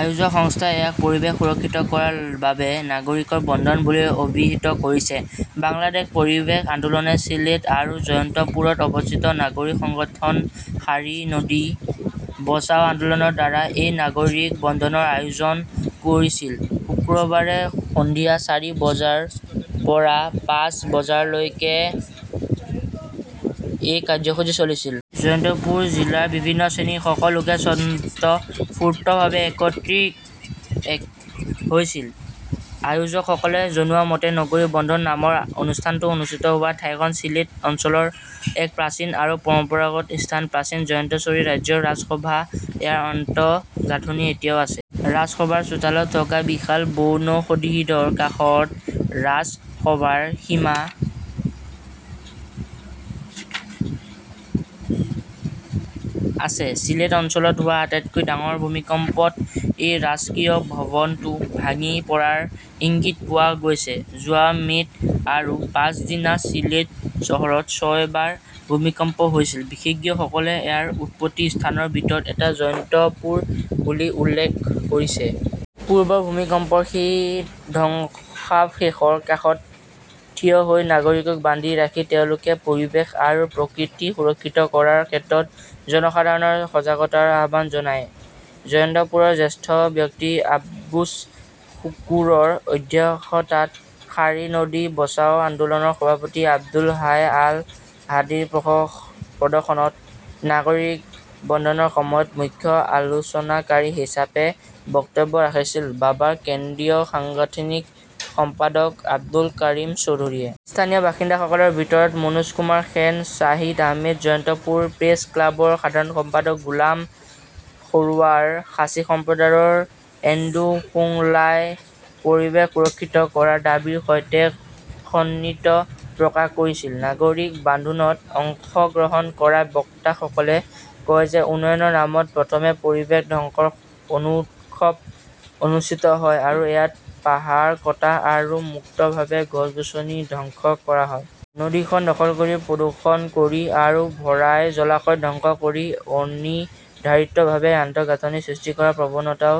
আয়োজক সংস্থাই ইয়াক "পৰিৱেশ সুৰক্ষিত কৰাৰ বাবে নাগৰিকৰ বন্ধন" বুলি অভিহিত কৰিছে। বাংলাদেশ পৰিৱেশ আন্দোলনে চিলেট আৰু জয়ন্তপুৰত অৱস্থিত নাগৰিক সংগঠন শাৰী নদী বচাও আন্দোলনৰ দ্বাৰা এই নাগৰিক বন্ধনৰ আয়োজন কৰিছিল। শুক্ৰবাৰে সন্ধিয়া চাৰি বজাৰ পৰা পাঁচ বজালৈকে এই কাৰ্যসূচী চলিছিল। জয়ন্তপুৰ জিলাৰ বিভিন্ন শ্ৰেণীৰ শ শ লোকে স্বতঃস্ফূৰ্তভাৱে একত্ৰিত হৈছিল। আয়োজকসকলে জনোৱা মতে, নগৰী বন্ধন নামৰ অনুষ্ঠানটো অনুষ্ঠিত হোৱা ঠাইখন চিলেট অঞ্চলৰ এক প্ৰাচীন আৰু পৰম্পৰাগত স্থান। প্ৰাচীন জয়ন্তশ্বৰী ৰাজ্যৰ ৰাজসভা। ইয়াৰ আন্তঃগাঁথনি এতিয়াও আছে। ৰাজসভাৰ চোতালত থকা বিশাল বনৌষধিৰ কাষত ৰাজসভাৰ সীমা আছে। চিলেট অঞ্চলত হোৱা আটাইতকৈ ডাঙৰ ভূমিকম্পত এই ৰাজকীয় ভৱনটো ভাঙি পৰাৰ ইংগিত পোৱা গৈছে। যোৱা মে'ত আৰু পাছদিনা চিলেট চহৰত ছয়বাৰ ভূমিকম্প হৈছিল। বিশেষজ্ঞসকলে ইয়াৰ উৎপত্তি স্থানৰ ভিতৰত এটা জয়ন্তপুৰ বুলি উল্লেখ কৰিছে। পূৰ্বৰ ভূমিকম্পৰ সেই ধ্বংসাৱশেষৰ কাষত থিয় হৈ নাগৰিকক বান্ধি ৰাখি তেওঁলোকে পৰিৱেশ আৰু প্ৰকৃতি সুৰক্ষিত কৰাৰ ক্ষেত্ৰত জনসাধাৰণৰ সজাগতাৰ আহ্বান জনায়। জয়ন্তপুৰৰ জ্যেষ্ঠ ব্যক্তি আব্দুছ শুকুৰৰ অধ্যক্ষতাত শাৰী নদী বচাও আন্দোলনৰ সভাপতি আব্দুল হাই আল হাদিৰ প্ৰদৰ্শনত নাগৰিক বন্ধনৰ সময়ত মুখ্য আলোচনাকাৰী হিচাপে বক্তব্য ৰাখিছিল বাবাৰ কেন্দ্ৰীয় সাংগঠনিক সম্পাদক আব্দুল কাৰিম চৌধুৰীয়ে। স্থানীয় বাসিন্দাসকলৰ ভিতৰত মনোজ কুমাৰ সেন, শ্বাহিদ আহমেদ, জয়ন্তপুৰ প্ৰেছ ক্লাবৰ সাধাৰণ সম্পাদক গোলাম সৰোৱাৰ, খাচী সম্প্ৰদায়ৰ এণ্ডু খোংলাই পৰিৱেশ সুৰক্ষিত কৰাৰ দাবীৰ সৈতে সন্মতি প্ৰকাশ কৰিছিল। নাগৰিক বান্ধোনত অংশগ্ৰহণ কৰা বক্তাসকলে কয় যে উন্নয়নৰ নামত প্ৰথমে পৰিৱেশ ধ্বংসৰ উৎসৱ অনুষ্ঠিত হয় আৰু ইয়াত পাহাৰ কটা আৰু মুক্তভাৱে গছ-গছনি ধ্বংস কৰা হয়। নদীখন দখল কৰি, প্ৰদূষণ কৰি আৰু ভৰাই জলাশয় ধ্বংস কৰি অনিৰ্ধাৰিতভাৱে আন্তঃগাঁথনি সৃষ্টি কৰাৰ প্ৰৱণতাও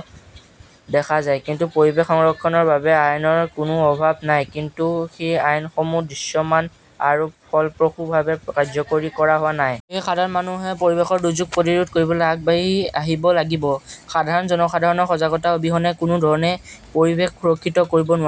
দেখা যায়। কিন্তু পৰিৱেশ সংৰক্ষণৰ বাবে আইনৰ কোনো অভাৱ নাই। কিন্তু সেই আইনসমূহ দৃশ্যমান আৰু ফলপ্ৰসূভাৱে কাৰ্যকৰী কৰা হোৱা নাই। সেয়েহে সাধাৰণ মানুহে পৰিৱেশৰ দুৰ্যোগ প্ৰতিৰোধ কৰিবলৈ আগবাঢ়ি আহিব লাগিব। সাধাৰণ জনসাধাৰণৰ সজাগতা অবিহনে কোনো ধৰণে পৰিৱেশ সুৰক্ষিত কৰিব নোৱাৰি।